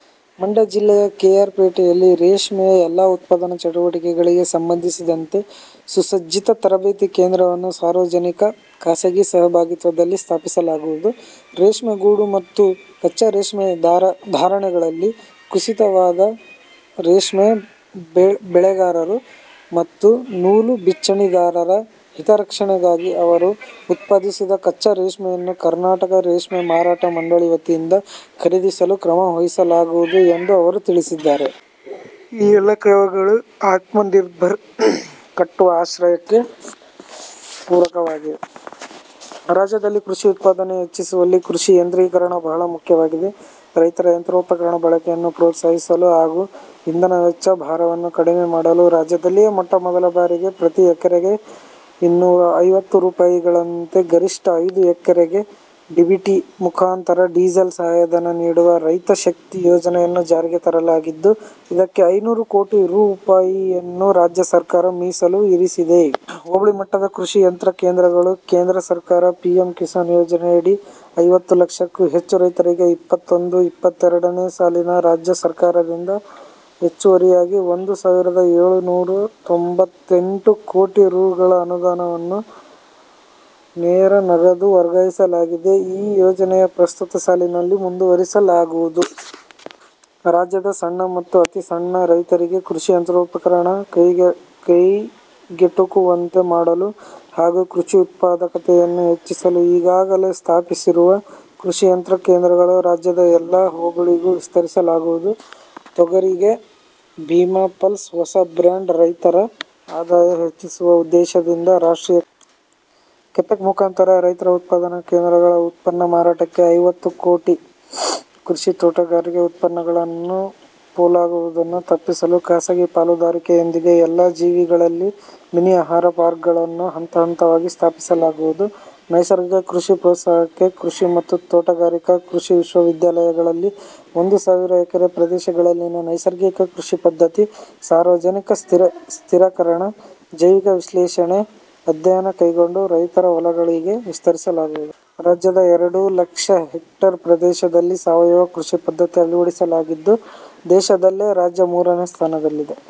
ಮಂಡ್ಯ ಜಿಲ್ಲೆಯ K. R. ಪೇಟೆಯಲ್ಲಿ ರೇಷ್ಮೆಯ ಎಲ್ಲಾ ಉತ್ಪಾದನಾ ಚಟುವಟಿಕೆಗಳಿಗೆ ಸಂಬಂಧಿಸಿದಂತೆ ಸುಸಜ್ಜಿತ ತರಬೇತಿ ಕೇಂದ್ರವನ್ನು ಸಾರ್ವಜನಿಕ- ಖಾಸಗಿ ಸಹಭಾಗಿತ್ವದಲ್ಲಿ ಸ್ಥಾಪಿಸಲಾಗುವುದು, ರೇಷ್ಮೆಗೂಡು ಮತ್ತು ಕಚ್ಚಾ ರೇಷ್ಮೆ ಧಾರಣೆಗಳಲ್ಲಿ ಕುಸಿತವಾದಾಗ ರೇಷ್ಮೆ ಬೆಳೆಗಾರರು ಮತ್ತು ನೂಲು ಬಿಚ್ಚಣಿಕೆದಾರರ ಹಿತರಕ್ಷಣೆಗಾಗಿ ಅವರು ಉತ್ಪಾದಿಸಿದ ಕಚ್ಚಾ ರೇಷ್ಮೆಯನ್ನು ಕರ್ನಾಟಕ ರೇಷ್ಮೆ ಮಾರಾಟ ಮಂಡಳಿ ವತಿಯಿಂದ ಖರೀದಿಸಲು ಕ್ರಮ ವಹಿಸಲಾಗುವುದು ಎಂದು ಅವರು ತಿಳಿಸಿದ್ದಾರೆ. ಈ ಎಲ್ಲ ಕ್ರಮಗಳು ಆತ್ಮ ನಿರ್ಭರ್ ಕಟ್ಟುವ ಆಶಯಕ್ಕೆ ಪೂರಕವಾಗಿದೆ. ರಾಜ್ಯದಲ್ಲಿ ಕೃಷಿ ಉತ್ಪಾದನೆ ಹೆಚ್ಚಿಸುವಲ್ಲಿ ಕೃಷಿ ಯಂತ್ರೀಕರಣ ಬಹಳ ಮುಖ್ಯವಾಗಿದೆ. ರೈತರ ಯಂತ್ರೋಪಕರಣ ಬಳಕೆಯನ್ನು ಪ್ರೋತ್ಸಾಹಿಸಲು ಹಾಗೂ ಇಂಧನ ವೆಚ್ಚ ಭಾರವನ್ನು ಕಡಿಮೆ ಮಾಡಲು ರಾಜ್ಯದಲ್ಲಿಯೇ ಮೊಟ್ಟ ಮೊದಲ ಬಾರಿಗೆ ಪ್ರತಿ ಎಕರೆಗೆ ಇನ್ನೂರಾ ಐವತ್ತು ರೂಪಾಯಿಗಳಂತೆ ಗರಿಷ್ಠ ಐದು ಎಕರೆಗೆ ಡಿಬಿಟಿ ಮುಖಾಂತರ ಡೀಸೆಲ್ ಸಹಾಯಧನ ನೀಡಲು ರೈತ ಶಕ್ತಿ ಯೋಜನೆಯನ್ನು ಜಾರಿಗೆ ತರಲಾಗಿದ್ದು, ಇದಕ್ಕೆ ಐನೂರು ಕೋಟಿ ರೂಪಾಯಿಯನ್ನು ರಾಜ್ಯ ಸರ್ಕಾರ ಮೀಸಲು ಇರಿಸಿದೆ. ಹೋಬಳಿ ಮಟ್ಟಕ್ಕೆ ಕೃಷಿ ಯಂತ್ರ ಕೇಂದ್ರಗಳು ಕೇಂದ್ರ ಸರ್ಕಾರ ಪಿಎಂ ಕಿಸಾನ್ ಯೋಜನೆಯಡಿ ಐವತ್ತು ಲಕ್ಷಕ್ಕೂ ಹೆಚ್ಚು ರೈತರಿಗೆ ಇಪ್ಪತ್ತೊಂದು-ಇಪ್ಪತೆರಡನೇ ಸಾಲಿನ ರಾಜ್ಯ ಸರ್ಕಾರದಿಂದ ಹೆಚ್ಚುವರಿಯಾಗಿ ಒಂದು ಸಾವಿರದ ಏಳುನೂರಾ ತೊಂಬತ್ತ ಎಂಟು ಕೋಟಿ ರುಪಾಯಿಗಳ ಅನುದಾನವನ್ನು ನೇರ ನಗದು ವರ್ಗಾಯಿಸಲಾಗಿದೆ. ಈ ಯೋಜನೆ ಪ್ರಸ್ತುತ ಸಾಲಿನಲ್ಲಿ ಮುಂದುವರಿಸಲಾಗುವುದು. ರಾಜ್ಯದ ಸಣ್ಣ ಮತ್ತು ಅತೀ ಸಣ್ಣ ರೈತರಿಗೆ ಕೃಷಿ ಯಂತ್ರೋಪಕರಣ ಕೈಗೆಟಕುವಂತೆ ಮಾಡಲು ಹಾಗೂ ಕೃಷಿ ಉತ್ಪಾದಕತೆಯನ್ನು ಹೆಚ್ಚಿಸಲು ಈಗಾಗಲೇ ಸ್ಥಾಪಿಸಿರುವ ಕೃಷಿ ಯಂತ್ರ ಕೇಂದ್ರಗಳು ರಾಜ್ಯದ ಎಲ್ಲ ಹೋಬಳಿಗೂ ವಿಸ್ತರಿಸಲಾಗುವುದು. ತೊಗರಿಗೆ ಭೀಮಾ ಪಲ್ಸ್ ಹೊಸ ಬ್ರ್ಯಾಂಡ್ ರೈತರ ಆದಾಯ ಹೆಚ್ಚಿಸುವ ಉದ್ದೇಶದಿಂದ ರಾಷ್ಟ್ರೀಯ ಕೃಷಿ ಸೆಕೆಂಡರಿ ನಿರ್ದೇಶನಾಲಯ ಸ್ಥಾಪಿಸಲಾಗಿದೆ. ಕೆಪೆಕ್ ಮುಖಾಂತರ ರೈತ ಉತ್ಪಾದನಾ ಕೇಂದ್ರಗಳ ಉತ್ಪನ್ನ ಮಾರಾಟಕ್ಕೆ ಐವತ್ತು ಕೋಟಿ, ಕೃಷಿ ತೋಟಗಾರಿಕೆ ಉತ್ಪನ್ನಗಳು ಪೋಲಾಗುವುದನ್ನು ತಪ್ಪಿಸಲು ಖಾಸಗಿ ಪಾಲುದಾರಿಕೆಯೊಂದಿಗೆ ಎಲ್ಲ ಜಿಲ್ಲೆಗಳಲ್ಲಿ ಮಿನಿ ಆಹಾರ ಪಾರ್ಕ್ ಗಳನ್ನು ಹಂತ-ಹಂತವಾಗಿ ಸ್ಥಾಪಿಸಲಾಗುವುದು. ನೈಸರ್ಗಿಕ ಕೃಷಿ ಪ್ರೋತ್ಸಾಹಕ್ಕೆ ಕೃಷಿ ಮತ್ತು ತೋಟಗಾರಿಕಾ ಕೃಷಿ ವಿಶ್ವವಿದ್ಯಾಲಯಗಳಲ್ಲಿ ಒಂದು ಸಾವಿರ ಎಕರೆ ಪ್ರದೇಶಗಳಲ್ಲಿ ನೈಸರ್ಗಿಕ ಕೃಷಿ ಪದ್ಧತಿ, ಸಾರ್ವಜನಿಕ ಸ್ಥಿರಕರಣ, ಜೈವಿಕ ವಿಶ್ಲೇಷಣೆ ಅಧ್ಯಯನ ಕೈಗೊಂಡು ರೈತರ ಹೊಲಗಳಿಗೆ ವಿತರಿಸಲಾಗುವುದು. ರಾಜ್ಯದ ಎರಡು ಲಕ್ಷ ಹೆಕ್ಟೇರ್ ಪ್ರದೇಶದಲ್ಲಿ ಸಾವಯವ ಕೃಷಿ ಪದ್ಧತಿ ಅಳವಡಿಸಲಾಗಿದ್ದು, ದೇಶದಲ್ಲೇ ರಾಜ್ಯ ಮೂರನೇ ಸ್ಥಾನದಲ್ಲಿದೆ.